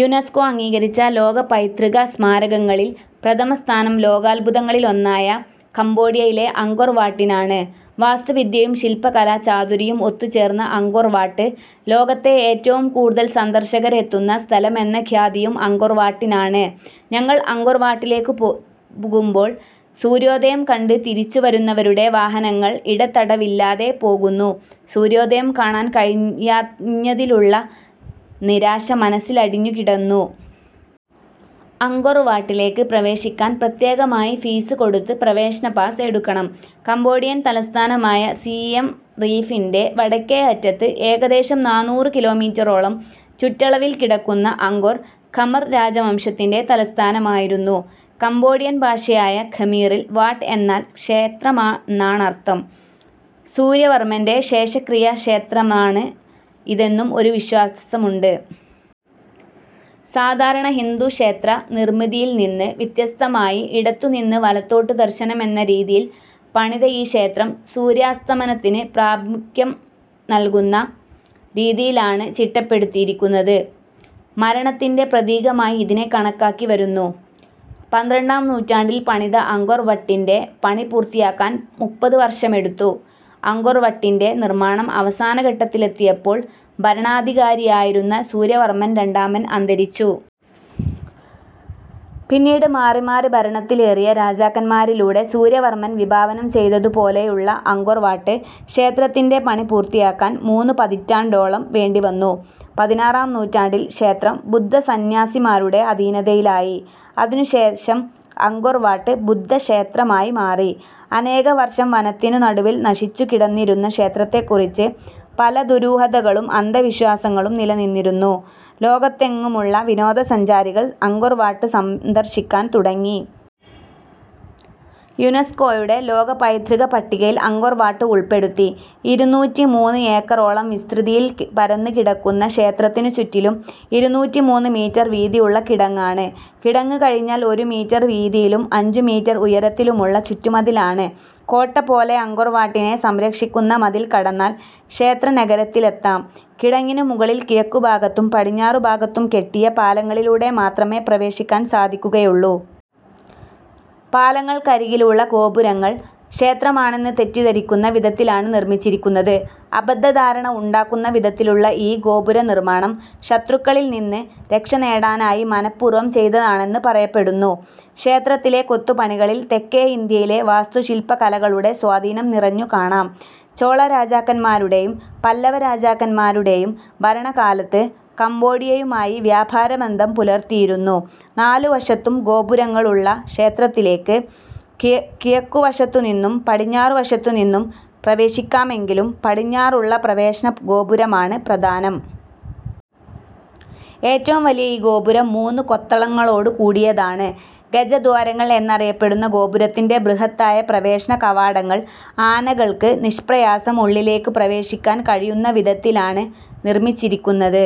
UNESCO അംഗീകരിച്ച ലോക പൈതൃകസ്മാരകങ്ങളിൽ പ്രഥമസ്ഥാനം ലോകാദ്ഭുതങ്ങളിലൊന്നായ കംബോഡിയയിലെ അങ്കൊർ വാട്ടിനാണ്. വാസ്തുവിദ്യയും ശില്പകലാചാതുരിയും ഒത്തുചേർന്ന അങ്കൊർ വാട്ട്. ലോകത്തെ ഏറ്റവും കൂടുതൽ സന്ദർശകരെത്തുന്ന സ്ഥലമെന്ന ഖ്യാതിയും അങ്കൊർ വാട്ടിനാണ്. ഞങ്ങൾ അങ്കൊർ വാട്ടിലേക്കു പോകുമ്പോൾ സൂര്യോദയം കണ്ട് തിരിച്ചുവരുന്നവരുടെ വാഹനങ്ങൾ ഇടതടവില്ലാതെ പോകുന്നു. സൂര്യോദയം കാണാൻ കഴിയാഞ്ഞതിലുള്ള നിരാശ മനസ്സിലടിഞ്ഞുകിടന്നു. അങ്കൊർ വാട്ടിലേക്ക് പ്രവേശിക്കാൻ പ്രത്യേകമായി ഫീസ് കൊടുത്ത് പ്രവേശന പാസ് എടുക്കണം. കംബോഡിയൻ തലസ്ഥാനമായ സിയെംറീഫിന്റെ വടക്കേയറ്റത്ത് ഏകദേശം നാനൂറ് കിലോമീറ്ററോളം ചുറ്റളവിൽക്കിടക്കുന്ന അങ്കൊർ, ഖമർ രാജവംശത്തിന്‍റെ തലസ്ഥാനമായിരുന്നു. കംബോഡിയൻ ഭാഷയായ ഖമീറിൽ ' വാട്ട് ' എന്നാൽ ക്ഷേത്രമെന്നാണർഥം. സൂര്യവർമന്റെ ശേഷക്രിയാക്ഷേത്രമാണ് ഇതെന്നും ഒരു വിശ്വാസമുണ്ട്. സാധാരണ ഹിന്ദുക്ഷേത്രനിർമിതിയിൽനിന്ന് വ്യത്യസ്തമായി ഇടത്തുനിന്ന് വലത്തോട്ട് ദർശനമെന്ന രീതിയിൽ പണിത ഈ ക്ഷേത്രം സൂര്യാസ്തമനത്തിന് പ്രാമുഖ്യം നൽകുന്ന രീതിയിലാണ് ചിട്ടപ്പെടുത്തിയിരിക്കുന്നത്. മരണത്തിന്‍റെ പ്രതീകമായി ഇതിനെ കണക്കാക്കിവരുന്നു. പന്ത്രണ്ടാം നൂറ്റാണ്ടിൽ പണിത അങ്കൊർ വട്ടിന്‍റെ പണി പൂർത്തിയാക്കാൻ മുപ്പത് വർഷമെടുത്തു. അങ്കൊർ വട്ടിന്‍റെ നിർമാണം അവസാനഘട്ടത്തിലെത്തിയപ്പോൾ ഭരണാധികാരിയായിരുന്ന സൂര്യവർമൻ രണ്ടാമൻ അന്തരിച്ചു. പിന്നീട് മാറിമാറി ഭരണത്തിലേറിയ രാജാക്കന്മാരിലൂടെ, സൂര്യവർമൻ വിഭാവനംചെയ്തതുപോലെയുള്ള അങ്കൊർ വാട്ട് ക്ഷേത്രത്തിന്റെ പണി പൂർത്തിയാക്കാൻ മൂന്നുപതിറ്റാണ്ടോളം വേണ്ടിവന്നു. പതിനാറാം നൂറ്റാണ്ടിൽ ക്ഷേത്രം ബുദ്ധസന്ന്യാസിമാരുടെ അധീനതയിലായി. അതിനുശേഷം അങ്കൊർ വാട്ട് ബുദ്ധക്ഷേത്രമായി മാറി. അനേകവർഷം വനത്തിനു നടുവിൽ നശിച്ചുകിടന്നിരുന്ന ക്ഷേത്രത്തെക്കുറിച്ച് പല ദുരൂഹതകളും അന്ധവിശ്വാസങ്ങളും നിലനിന്നിരുന്നു. ലോകത്തെങ്ങുമുള്ള വിനോദസഞ്ചാരികൾ അങ്കൊർ വാട്ട് സന്ദർശിക്കാൻ തുടങ്ങി. യുനെസ്കോയുടെ ലോക പൈതൃകപ്പട്ടികയിൽ അങ്കൊർവാട്ട് ഉൾപ്പെടുത്തി. ഇരുന്നൂറ്റിമൂന്ന് ഏക്കറോളം വിസ്തൃതിയിൽ പരന്നുകിടക്കുന്ന ക്ഷേത്രത്തിനുചുറ്റിലും ഇരുന്നൂറ്റിമൂന്ന് മീറ്റർ വീതിയുള്ള കിടങ്ങാണ്. കിടങ്ങ് കഴിഞ്ഞാൽ ഒരു മീറ്റർ വീതിയിലും അഞ്ചുമീറ്റർ ഉയരത്തിലുമുള്ള ചുറ്റുമതിലാണ്. കോട്ടപോലെ, അങ്കൊർവാട്ടിനെ സംരക്ഷിക്കുന്ന മതിൽ കടന്നാൽ ക്ഷേത്രനഗരത്തിലെത്താം. കിടങ്ങിനു മുകളിൽ കിഴക്കുഭാഗത്തും പടിഞ്ഞാറുഭാഗത്തും കെട്ടിയ പാലങ്ങളിലൂടെ മാത്രമേ പ്രവേശിക്കാൻ സാധിക്കുകയുള്ളൂ. പാലങ്ങൾക്കരികിലുള്ള ഗോപുരങ്ങൾ ക്ഷേത്രമാണെന്ന് തെറ്റിദ്ധരിക്കുന്ന വിധത്തിലാണ് നിർമിച്ചിരിക്കുന്നത്. അബദ്ധധാരണ ഉണ്ടാക്കുന്ന വിധത്തിലുള്ള ഈ ഗോപുരനിർമാണം ശത്രുക്കളിൽനിന്ന് രക്ഷനേടാനായി മനഃപൂർവം ചെയ്തതാണെന്ന് പറയപ്പെടുന്നു. ക്ഷേത്രത്തിലെ കൊത്തുപണികളിൽ തെക്കെ ഇന്ത്യയിലെ വാസ്തുശില്പകലകളുടെ സ്വാധീനം നിറഞ്ഞുകാണാം. ചോളരാജാക്കന്മാരുടെയും പല്ലവരാജാക്കന്മാരുടെയും ഭരണകാലത്ത് കംബോഡിയയുമായി വ്യാപാരബന്ധം പുലർത്തിയിരുന്നു. നാലുവശത്തും ഗോപുരങ്ങളുള്ള ക്ഷേത്രത്തിലേക്ക് കിഴക്കുവശത്തുനിന്നും പടിഞ്ഞാറുവശത്തുനിന്നും പ്രവേശിക്കാമെങ്കിലും പടിഞ്ഞാറുള്ള പ്രവേശനഗോപുരമാണ് പ്രധാനം. ഏറ്റവും വലിയ ഈ ഗോപുരം മൂന്നു കൊത്തളങ്ങളോടുകൂടിയതാണ്. ഗജദ്വാരങ്ങൾ എന്നറിയപ്പെടുന്ന ഗോപുരത്തിന്റെ ബൃഹത്തായ പ്രവേശനകവാടങ്ങൾ ആനകൾക്ക് നിഷ്പ്രയാസം ഉള്ളിലേക്കു പ്രവേശിക്കാൻ കഴിയുന്ന വിധത്തിലാണ് നിർമിച്ചിരിക്കുന്നത്.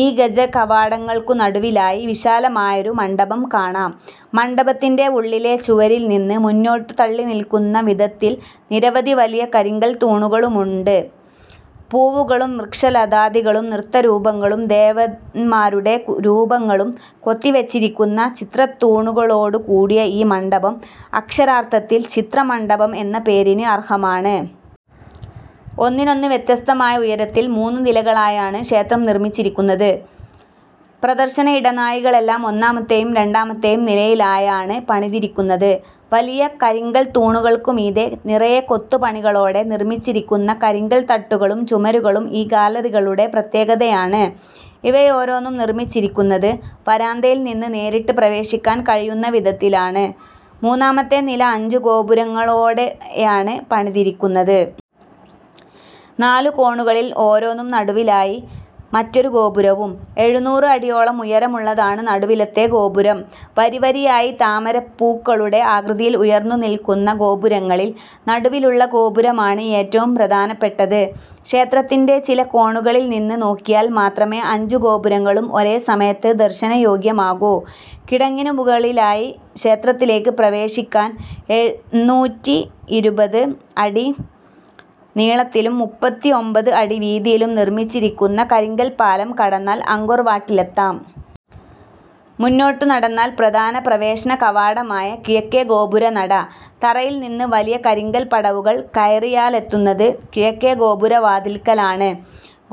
ഈ ഗജകവാടങ്ങൾക്കു നടുവിലായി വിശാലമായൊരു മണ്ഡപം കാണാം. മണ്ഡപത്തിന്‍റെ ഉള്ളിലെ ചുവരിൽനിന്ന് മുന്നോട്ടു തള്ളിനിൽക്കുന്നവിധത്തിൽ നിരവധി വലിയ കരിങ്കൽത്തൂണുകളുണ്ട്. പൂവുകളും വൃക്ഷലതാദികളും നൃത്തരൂപങ്ങളും ദേവന്മാരുടെ രൂപങ്ങളും കൊത്തിവെച്ചിരിക്കുന്ന, ചിത്രത്തൂണുകളോടുകൂടിയ ഈ മണ്ഡപം അക്ഷരാർഥത്തിൽ ചിത്രമണ്ഡപം എന്ന പേരിന് അർഹമാണ്. ഒന്നിനൊന്ന് വ്യത്യസ്തമായ ഉയരത്തിൽ മൂന്നുനിലകളായാണ് ക്ഷേത്രം നിർമിച്ചിരിക്കുന്നത്. പ്രദർശന ഇടനാഴികളെല്ലാം ഒന്നാമത്തെയും രണ്ടാമത്തെയും നിലയിലായാണ് പണിതിരിക്കുന്നത്. വലിയ കരിങ്കൽത്തൂണുകൾക്കു മീതെ നിറയെ കൊത്തുപണികളോടെ നിർമിച്ചിരിക്കുന്ന കരിങ്കൽത്തട്ടുകളും ചുമരുകളും ഈ ഗാലറികളുടെ പ്രത്യേകതയാണ്. ഇവയോരോന്നും നിർമിച്ചിരിക്കുന്നത്, വരാന്തകളിൽനിന്ന് നേരിട്ട് പ്രവേശിക്കാൻ കഴിയുന്ന വിധത്തിലാണ്. മൂന്നാമത്തെ നില അഞ്ചുഗോപുരങ്ങളോടെയാണ് പണിതിരിക്കുന്നത്. നാലു കോണുകളിൽ ഓരോന്നും നടുവിലായി മറ്റൊരു ഗോപുരവും. എഴുനൂറ് അടിയോളം ഉയരമുള്ളതാണ് നടുവിലത്തെ ഗോപുരം. വരിവരിയായി താമരപ്പൂക്കളുടെ ആകൃതിയിൽ ഉയർന്നുനിൽക്കുന്ന ഗോപുരങ്ങളിൽ നടുവിലുള്ള ഗോപുരമാണ് ഏറ്റവും പ്രധാനപ്പെട്ടത്. ക്ഷേത്രത്തിന്‍റെ ചില കോണുകളിൽനിന്ന് നോക്കിയാൽ മാത്രമേ അഞ്ചു ഗോപുരങ്ങളും ഒരേസമയത്ത് ദർശനയോഗ്യമാകൂ. കിടങ്ങിനുമുകളിലായി ക്ഷേത്രത്തിലേക്ക് പ്രവേശിക്കാൻ എന്നൂറ്റിയിരുപത് അടി നീളത്തിലും മൂപ്പത്തിഒമ്പത് അടി വീതിയിലും നിർമിച്ചിരിക്കുന്ന കരിങ്കൽപ്പാലം കടന്നാൽ അങ്കൊർ വാട്ടിലെത്താം. മുന്നോട്ടു നടന്നാൽ പ്രധാന പ്രവേശനകവാടമായ കിഴക്കേ ഗോപുരനട. തറയിൽനിന്ന് വലിയ കരിങ്കൽപ്പടവുകൾ കയറിയാലെത്തുന്നത് കിഴക്കേ ഗോപുരവാതിൽക്കലാണ്.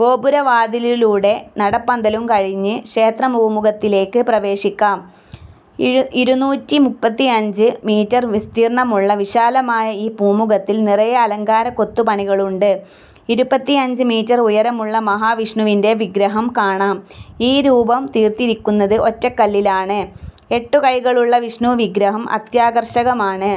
ഗോപുരവാതിലിലൂടെ നടപ്പന്തലും കഴിഞ്ഞ് ക്ഷേത്രപൂമുഖത്തിലേക്ക് പ്രവേശിക്കാം. ഇരുന്നൂറ്റിമൂപ്പത്തിയഞ്ച് മീറ്റർ വിസ്തീർണമുള്ള വിശാലമായ ഈ പുമുഖത്തിൽ നിറയെ അലങ്കാരക്കൊത്തുപണികളുണ്ട്. ഇരുപത്തിയഞ്ച് മീറ്റർ ഉയരമുള്ള, മഹാവിഷ്ണുവിന്‍റെ വിഗ്രഹം കാണാം. ഈ രൂപം തീർത്തിരിക്കുന്നത് ഒറ്റക്കല്ലിലാണ്. എട്ടു കൈകളുള്ള വിഷ്ണുവിഗ്രഹം അത്യാകർഷകമാണ്.